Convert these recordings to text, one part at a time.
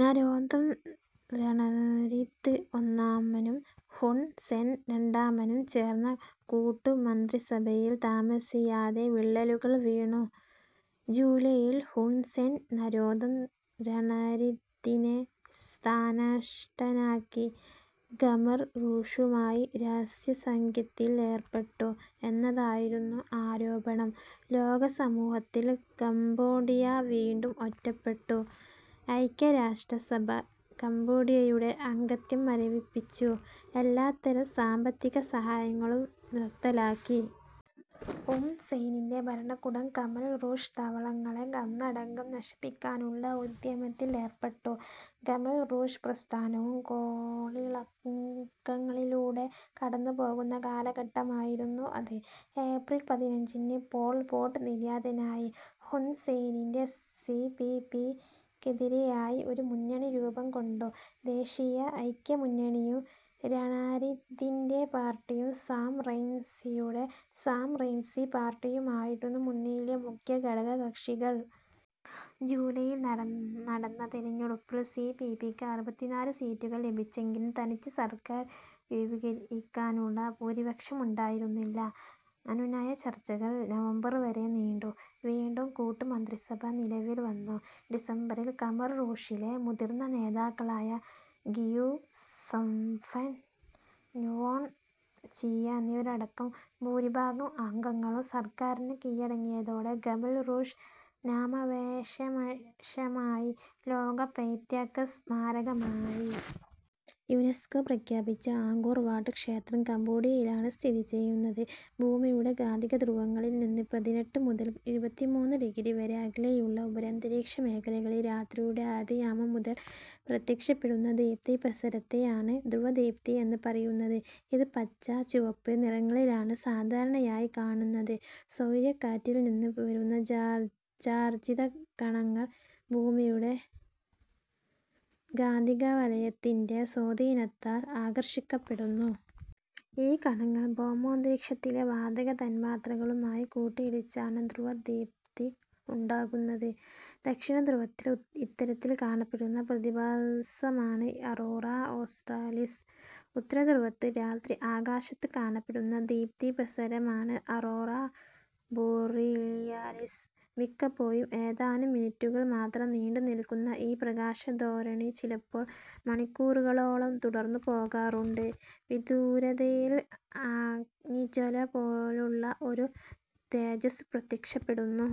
നരോന്തം Ranariddh ഒന്നാമനും Hun Sen രണ്ടാമനും ചേർന്ന കൂട്ടുമന്ത്രിസഭയിൽ താമസിയാതെ വിള്ളലുകൾ വീണു. ജൂലൈയിൽ ഹുൺ സെൻ നരോദം രണരിദ്ധിനെ സ്ഥാനഷ്ടനാക്കി. ഖമർ റൂഷുമായി രഹസ്യസഖ്യത്തിലേർപ്പെട്ടു എന്നതായിരുന്നു ആരോപണം. ലോകസമൂഹത്തിൽ കംബോഡിയ വീണ്ടും ഒറ്റപ്പെട്ടു. ഐക്യരാഷ്ട്രസഭ കംബോഡിയയുടെ അംഗത്വം മരവിപ്പിച്ചു. എല്ലാത്തരം സാമ്പത്തിക സഹായങ്ങളും നിർത്തലാക്കി. ഹുൺ സെന്നിൻ്റെ ഭരണകൂടം ഖമർ റൂഷ് താവളങ്ങളെ ഒന്നടങ്കം നശിപ്പിക്കാനുള്ള ഉദ്യമത്തിലേർപ്പെട്ടു. ഖമർ റൂഷ് പ്രസ്ഥാനവും കോളിളക്കങ്ങളിലൂടെ കടന്നുപോകുന്ന കാലഘട്ടമായിരുന്നു അത്. ഏപ്രിൽ പതിനഞ്ചിന് പോൾ പോട്ട് നിര്യാതനായി. ഹുൺ സെന്നിൻ്റെ സി പി പി ക്കെതിരെയായി ഒരു മുന്നണി രൂപം കൊണ്ടു. ദേശീയ ഐക്യമുന്നണിയും രണരിദ്ധിൻ്റെ പാർട്ടിയും സാം റെയ്ൻസിയുടെ സാം റെയിൻസി പാർട്ടിയുമായിരുന്നു മുന്നണിയിലെ മുഖ്യ ഘടകകക്ഷികൾ. ജൂലൈയിൽ നടന്ന തെരഞ്ഞെടുപ്പിൽ സി പി പി ക്ക് അറുപത്തിനാല് സീറ്റുകൾ ലഭിച്ചെങ്കിലും തനിച്ച് സർക്കാർ രൂപീകരിക്കാനുള്ള ഭൂരിപക്ഷമുണ്ടായിരുന്നില്ല. അനുനയ ചർച്ചകൾ നവംബർ വരെ നീണ്ടു. വീണ്ടും കൂട്ടുമന്ത്രിസഭ നിലവിൽ വന്നു. ഡിസംബറിൽ ഖമർ റൂഷിലെ മുതിർന്ന നേതാക്കളായ ഖിയു സംഫൻ, നുവോൺ ചീയ എന്നിവരടക്കം ഭൂരിഭാഗം അംഗങ്ങളും സർക്കാറിനു കീഴടങ്ങിയതോടെ ഖമർ റൂഷ് നാമാവശേഷമായി. ലോകപൈത്യകസ്മാരകമായി യുനെസ്കോ പ്രഖ്യാപിച്ച അങ്കോർ വാട്ട് ക്ഷേത്രം കംബോഡിയയിലാണ് സ്ഥിതി ചെയ്യുന്നത്. ഭൂമിയുടെ കാന്തികധ്രുവങ്ങളിൽ നിന്ന് പതിനെട്ട് മുതൽ ഇരുപത്തിമൂന്ന് ഡിഗ്രി വരെ അകലെയുള്ള ഉപര്യന്തരീക്ഷമേഖലകളിൽ രാത്രിയുടെ ആദ്യയാമം മുതൽ പ്രത്യക്ഷപ്പെടുന്ന ദീപ്തിപ്രസരത്തെയാണ് ധ്രുവദീപ്തി എന്ന് പറയുന്നത്. ഇത് പച്ച, ചുവപ്പ് നിറങ്ങളിലാണ് സാധാരണയായി കാണുന്നത്. സൗരക്കാറ്റിൽ നിന്ന് വരുന്ന ജാർ ചാർജിത കണങ്ങൾ ഭൂമിയുടെ ഗാന്തികവലയത്തിൻ്റെ സ്വാധീനത്താൽ ആകർഷിക്കപ്പെടുന്നു. ഈ കണങ്ങൾ ഭൗമാന്തരീക്ഷത്തിലെ വാതക തന്മാത്രകളുമായി കൂട്ടിയിടിച്ചാണ് ധ്രുവദീപ്തി ഉണ്ടാകുന്നത്. ദക്ഷിണധ്രുവത്തിൽ ഇത്തരത്തിൽ കാണപ്പെടുന്ന പ്രതിഭാസമാണ് അറോറ ഓസ്ട്രേലിസ്. ഉത്തരധ്രുവത്തിൽ രാത്രി ആകാശത്ത് കാണപ്പെടുന്ന ദീപ്തിപ്രസരമാണ് അറോറ ബോറിയാലിസ്. മിക്കപ്പോഴും ഏതാനും മിനിറ്റുകൾ മാത്രം നീണ്ടുനിൽക്കുന്ന ഈ പ്രകാശധോരണി ചിലപ്പോൾ മണിക്കൂറുകളോളം തുടർന്നുപോകാറുണ്ട്. വിദൂരതയിൽ അഗ്നിജ്വലപോലുള്ള ഒരു തേജസ്സ് പ്രത്യക്ഷപ്പെടുന്നു.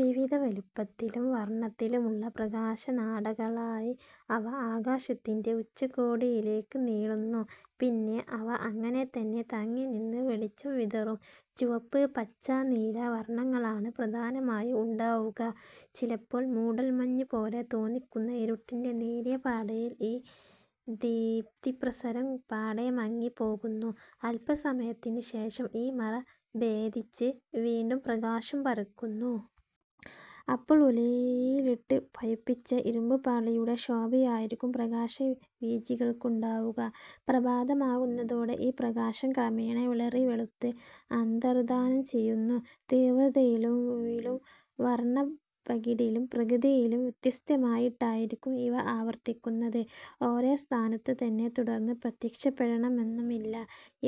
വിവിധ വലുപ്പത്തിലും വർണത്തിലുമുള്ള പ്രകാശനാടകളായി അവ ആകാശത്തിൻ്റെ ഉച്ചകോടിയിലേക്കു നീളുന്നു. പിന്നെ അവ അങ്ങനെതന്നെ തങ്ങിനിന്ന് വെളിച്ചം വിതറും. ചുവപ്പ്, പച്ച, നീല വർണങ്ങളാണ് പ്രധാനമായും ഉണ്ടാവുക. ചിലപ്പോൾ മൂടൽമഞ്ഞുപോലെ തോന്നിക്കുന്ന ഇരുട്ടിൻ്റെ നേരിയ പാടയിൽ ഈ ദീപ്തിപ്രസരം പാടെ മങ്ങിപ്പോകുന്നു. അല്പസമയത്തിനുശേഷം ഈ മറ ഭേദിച്ച് വീണ്ടും പ്രകാശം പരക്കുന്നു. അപ്പോൾ ഉലയിലിട്ട് പയുപ്പിച് ഇരുമ്പുപാളിയുടെ ശോഭയായിരിക്കും പ്രകാശവീചികൾക്കുണ്ടാവുക. പ്രഭാതമാകുന്നതോടെ ഈ പ്രകാശം ക്രമേണ വിളറിവെളുത്ത് അന്തർധാനം ചെയ്യുന്നു. തീവ്രതയിലും വർണപ്പകിടിലും പ്രകൃതിയിലും വ്യത്യസ്തമായിട്ടായിരിക്കും ഇവ ആവർത്തിക്കുന്നത്. ഒരേ സ്ഥാനത്തുതന്നെ തുടർന്നു പ്രത്യക്ഷപ്പെടണമെന്നുമില്ല.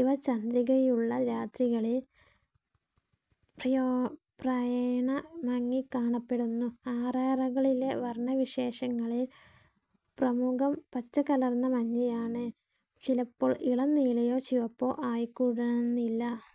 ഇവ ചന്ദ്രികയുള്ള രാത്രികളിൽ പ്രയോ പ്രായേണ മങ്ങിക്കാണപ്പെടുന്നു ആറാറകളിലെ വർണവിശേഷങ്ങളിൽ പ്രമുഖം പച്ചകലർന്ന മഞ്ഞയാണ്. ചിലപ്പോൾ ഇളം നീലയോ ചുവപ്പോ ആയിക്കൂടെന്നില്ല.